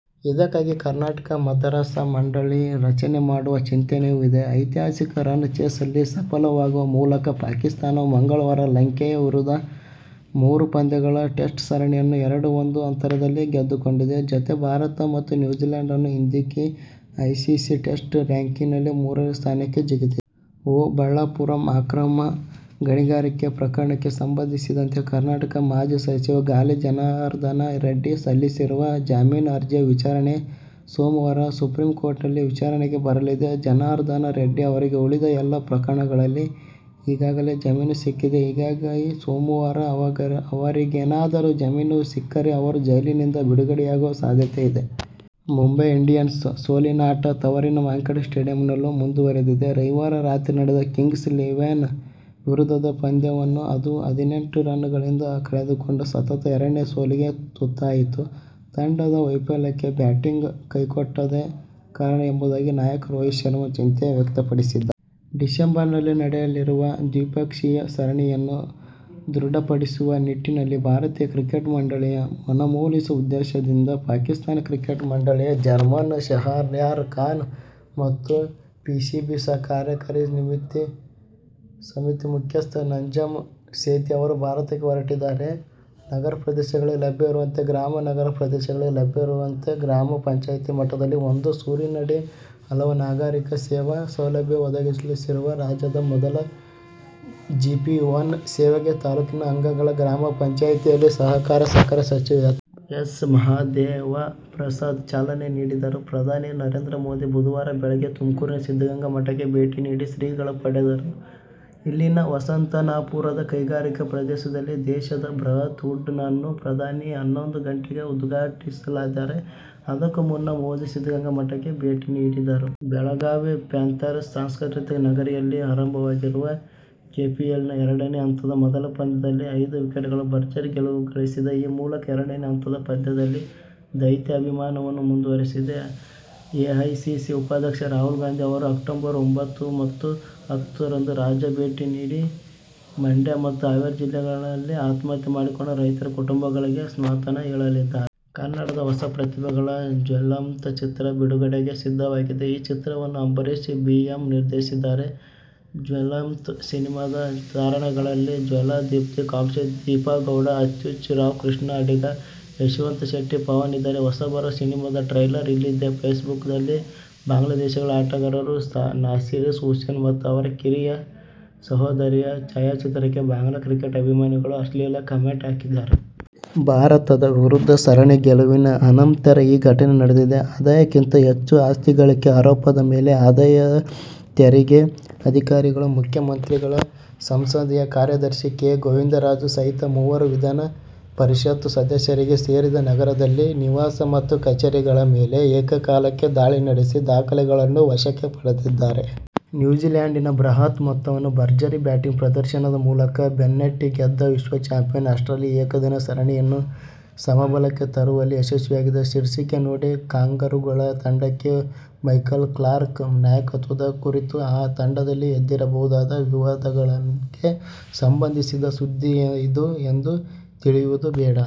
ಇದಕ್ಕಾಗಿ ಕರ್ನಾಟಕ ಮದರಸಾ ಮಂಡಳಿ ರಚನೆ ಮಾಡುವ ಚಿಂತನೆಯೂ ಇದೆ. ಐತಿಹಾಸಿಕ ರನ್ ಚೇಸ್ನಲ್ಲಿ ಸಫಲವಾಗುವ ಮೂಲಕ ಪಾಕಿಸ್ಥಾನವು ಮಂಗಳವಾರ ಲಂಕೆಯ ವಿರುದ್ಧದ ಮೂರು ಪಂದ್ಯಗಳ ಟೆಸ್ಟ್ ಸರಣಿಯನ್ನು ಎರಡು-ಒಂದು ಅಂತರದಲ್ಲಿ ಗೆದ್ದುಕೊಂಡಿದೆ. ಜತೆಗೆ ಭಾರತ ಮತ್ತು ನ್ಯೂಜೀಲ್ಯಾಂಡ್ ಅನ್ನು ಹಿಂದಿಕ್ಕಿ ಐಸಿಸಿ ಟೆಸ್ಟ್ ರಾಂಕಿಂಗ್ನಲ್ಲಿ ಮೂರನೇ ಸ್ಥಾನಕ್ಕೆ ಜಿಗಿದಿದೆ. ಓಬಳಾಪುರಂ ಅಕ್ರಮ ಗಣಿಗಾರಿಕೆ ಪ್ರಕರಣಕ್ಕೆ ಸಂಬಂಧಿಸಿದಂತೆ ಕರ್ನಾಟಕದ ಮಾಜಿ ಸಚಿವ ಗಾಲಿ ಜನಾರ್ದನ ರೆಡ್ಡಿ ಸಲ್ಲಿಸಿರುವ ಜಾಮೀನು ಅರ್ಜಿಯ ವಿಚಾರಣೆ ಸೋಮವಾರ ಸುಪ್ರೀಂಕೋರ್ಟ್ನಲ್ಲಿ ವಿಚಾರಣೆಗೆ ಬರಲಿದೆ. ಜನಾರ್ದನ ರೆಡ್ಡಿ ಅವರಿಗೆ ಉಳಿದ ಎಲ್ಲ ಪ್ರಕರಣಗಳಲ್ಲಿ ಈಗಾಗಲೇ ಜಾಮೀನು ಸಿಕ್ಕಿದೆ. ಹೀಗಾಗಿ ಸೋಮವಾರ ಅವರಿಗೇನಾದರೂ ಜಾಮೀನು ಸಿಕ್ಕರೆ ಅವರು ಜೈಲಿನಿಂದ ಬಿಡುಗಡೆಯಾಗುವ ಸಾಧ್ಯತೆ ಇದೆ. ಮುಂಬೈ ಇಂಡಿಯನ್ಸ್ನ ಸೋಲಿನ ಆಟ ತವರಿನ ವಾಂಖೇಡೆ ಸ್ಟೇಡಿಯಂನಲ್ಲೂ ಮುಂದುವರಿದಿದೆ. ರವಿವಾರ ರಾತ್ರಿ ನಡೆದ ಕಿಂಗ್ಸ್ ಇಲೆವೆನ್ ವಿರುದ್ಧದ ಪಂದ್ಯವನ್ನು ಅದು ಹದಿನೆಂಟು ರನ್ನುಗಳಿಂದ ಕಳೆದುಕೊಂಡು ಸತತ ಎರಡನೇ ಸೋಲಿಗೆ ತುತ್ತಾಯಿತು. ತಂಡದ ವೈಫಲ್ಯಕ್ಕೆ ಬ್ಯಾಟಿಂಗ್ ಕೈಕೊಟ್ಟದ್ದೇ ಕಾರಣ ಎಂಬುದಾಗಿ ನಾಯಕ ರೋಹಿತ್ ಶರ್ಮ ಚಿಂತೆ ವ್ಯಕ್ತಪಡಿಸಿದ್ದಾರೆ. ಡಿಸೆಂಬರ್ನಲ್ಲಿ ನಡೆಯಲಿರುವ ದ್ವಿಪಕ್ಷೀಯ ಸರಣಿಯನ್ನು ದೃಢಪಡಿಸುವ ನಿಟ್ಟಿನಲ್ಲಿ ಭಾರತೀಯ ಕ್ರಿಕೆಟ್ ಮಂಡಳಿ ಯ ಮನವೊಲಿಸುವ ಉದ್ದೇಶದಿಂದ ಪಾಕಿಸ್ಥಾನ ಕ್ರಿಕೆಟ್ ಮಂಡಳಿ ಯ ಚೇರ್ಮನ್ ಶಹರ್ಯಾರ್ ಖಾನ್ ಮತ್ತು ಪಿಸಿಬಿ ಕಾರ್ಯಕಾರಿ ಸಮಿತಿ ಮುಖ್ಯಸ್ಥ ನಜಮ್ ಸೇಥಿ ಅವರು ಭಾರತಕ್ಕೆ ಹೊರಟಿದ್ದಾರೆ. ನಗರ ಪ್ರದೇಶಗಳಲ್ಲಿ ಲಭ್ಯವಿರುವಂತೆ ಗ್ರಾಮ ಪಂಚಾಯಿತಿ ಮಟ್ಟದಲ್ಲಿಯೂ ಒಂದೇ ಸೂರಿನಡಿ ಹಲವು ನಾಗರಿಕ ಸೇವಾ ಸೌಲಭ್ಯವನ್ನು ಒದಗಿಸಲಿರುವ ರಾಜ್ಯದ ಮೊದಲ ಜಿಪಿ-ಒನ್ ಸೇವೆಗೆ ತಾಲೂಕಿನ ಹಂಗಳ ಗ್ರಾಮ ಪಂಚಾಯಿತಿಯಲ್ಲಿ ಸಹಕಾರ, ಸಕ್ಕರೆ ಸಚಿವ ಎಚ್. ಎಸ್. ಮಹದೇ ವಪ್ರಸಾದ್ ಚಾಲನೆ ನೀಡಿದರು. ಪ್ರಧಾನಿ ನರೇಂದ್ರ ಮೋದಿ ಬುಧವಾರ ಬೆಳಿಗ್ಗೆ ತುಮಕೂರಿನ ಸಿದ್ಧಗಂಗಾ ಮಠಕ್ಕೆ ಭೇಟಿ ನೀಡಿ ಶ್ರೀಗಳ ಪಡೆದರು. ಇಲ್ಲಿನ ವಸಂತನರಸಾಪುರದ ಕೈಗಾರಿಕಾ ಪ್ರದೇಶದಲ್ಲಿನ ದೇಶದ ಬೃಹತ್ ಫುಡ್ ಅನ್ನು ಪ್ರಧಾನಿ ಹನ್ನೊಂದು ಗಂಟೆಗೆ ಉದ್ಘಾಟಿಸಲಿದ್ದಾರೆ. ಅದಕ್ಕೂ ಮುನ್ನ ಮೋದಿ ಸಿದ್ದಗಂಗಾ ಮಠಕ್ಕೆ ಭೇಟಿ ನೀಡಿದರು. ಬೆಳಗಾವಿ ಪ್ಯಾಂಥರ್ ಸಾಂಸ್ಕೃತಿಕ ನಗರಿಯಲ್ಲಿ ಆರಂಭವಾಗಿರುವ ಕೆಪಿಎಲ್ನ ಎರಡನೇ ಹಂತದ ಮೊದಲ ಪಂದ್ಯದಲ್ಲಿ ಐದು ವಿಕೆಟ್ಗಳ ಭರ್ಜರಿ ಗೆಲುವು ಗಳಿಸಿದೆ. ಈ ಮೂಲಕ ಎರಡನೇ ಹಂತದ ಪಂದ್ಯದಲ್ಲಿ ದೈತ್ಯ ಅಭಿಯಾನವನ್ನು ಮುಂದುವರಿಸಿದೆ. ಎಐಸಿಸಿ ಉಪಾಧ್ಯಕ್ಷ ರಾಹುಲ್ ಗಾಂಧಿ ಅವರು ಅಕ್ಟೋಬರ್ ಒಂಬತ್ತು ಮತ್ತು ಹತ್ತು ರಂದು ರಾಜ್ಯಕ್ಕೆ ಭೇಟಿ ನೀಡಿ ಮಂಡ್ಯ ಮತ್ತು ಹಾವೇರಿ ಜಿಲ್ಲೆಗಳಲ್ಲಿ ಆತ್ಮಹತ್ಯೆ ಮಾಡಿಕೊಂಡ ರೈತ ಕುಟುಂಬಗಳಿಗೆ ಸಾಂತ್ವನ ಹೇಳಲಿದ್ದಾರೆ. ಕನ್ನಡದ ಹೊಸ ಪ್ರತಿಭೆಗಳ ಜ್ವಲಂತಂ ಚಿತ್ರ ಬಿಡುಗಡೆಗೆ ಸಿದ್ಧವಾಗಿದೆ. ಈ ಚಿತ್ರವನ್ನು ಅಂಬರೀಶ್ ಬಿಎಂ ನಿರ್ದೇಶಿಸಿದ್ದಾರೆ. ಜ್ವಲಂತಂ ಸಿನಿಮಾದ ತಾರಾಗಣದಲ್ಲಿ ಜ್ವಾಲಾ, ದೀಪ್ತಿ ಕಾಪ್ಸೆ, ದೀಪಾ ಗೌಡ, ಅಚ್ಯುತ್ ರಾವ್, ಕೃಷ್ಣಾ ಅಡಿಗಾ, ಯಶವಂತ್ ಶೆಟ್ಟಿ, ಪವನ್ ಇದ್ದಾರೆ. ಹೊಸಬರ ಸಿನಿಮಾದ ಟ್ರೈಲರ್ ಇಲ್ಲಿದೆಫೇಸ್ಬುಕ್ನಲ್ಲಿ ಬಾಂಗ್ಲಾದೇಶ ಆಟಗಾರ ನಾಸೀರ್ ಹುಸೇನ್ ಮತ್ತು ಅವರ ಕಿರಿಯ ಸಹೋದರಿಯ ಛಾಯಾಚಿತ್ರಕ್ಕೆ ಬಾಂಗ್ಲಾ ಕ್ರಿಕೆಟ್ ಅಭಿಮಾನಿಗಳು ಅಶ್ಲೀಲ ಕಮೆಂಟ್ ಹಾಕಿದ್ದಾರೆ. ಭಾರತದ ವಿರುದ್ಧ ಸರಣಿ ಗೆಲುವಿನ ಅನಂತರ ಈ ಘಟನೆ ನಡೆದಿದೆ. ಆದಾಯಕ್ಕಿಂತ ಹೆಚ್ಚು ಆಸ್ತಿ ಗಳಿಕೆ ಆರೋಪದ ಮೇಲೆ ಆದಾಯ ತೆರಿಗೆ ಅಧಿಕಾರಿಗಳು ಮುಖ್ಯಮಂತ್ರಿಗಳ ಸಂಸದೀಯ ಕಾರ್ಯದರ್ಶಿ ಕೆ. ಗೋವಿಂದರಾಜು ಸಹಿತ ಮೂವರು ವಿಧಾನ ಪರಿಷತ್ ಸದಸ್ಯರಿಗೆ ಸೇರಿದ ನಗರದಲ್ಲಿನ ನಿವಾಸ ಮತ್ತು ಕಚೇರಿಗಳ ಮೇಲೆ ಏಕಕಾಲಕ್ಕೆ ದಾಳಿ ನಡೆಸಿ ದಾಖಲೆಗಳನ್ನು ವಶಕ್ಕೆ ಪಡೆದಿದ್ದಾರೆ. ನ್ಯೂಜಿಲ್ಯಾಂಡಿನ ಬೃಹತ್ ಮೊತ್ತವನ್ನು ಭರ್ಜರಿ ಬ್ಯಾಟಿಂಗ್ ಪ್ರದರ್ಶನದ ಮೂಲಕ ಬೆನ್ನಟ್ಟಿ ಗೆದ್ದ ವಿಶ್ವ ಚಾಂಪಿಯನ್ ಆಸ್ಟ್ರೇಲಿಯ ಏಕದಿನ ಸರಣಿಯನ್ನು ಸಮಬಲಕ್ಕೆ ತರುವಲ್ಲಿ ಯಶಸ್ವಿಯಾಗಿದೆ. ಶೀರ್ಷಿಕೆ ನೋಡಿ ಕಾಂಗರೂಗಳ ತಂಡಕ್ಕೆ ಮೈಕೆಲ್ ಕ್ಲಾರ್ಕ್ ನಾಯಕತ್ವದ ಕುರಿತು ಆ ತಂಡದಲ್ಲಿ ಎದ್ದಿರಬಹುದಾದ ವಿವಾದಗಳಿಗೆ ಸಂಬಂಧಿಸಿದ ಸುದ್ದಿಯಿದು ಎಂದು ತಿಳಿಯುವುದು ಬೇಡ.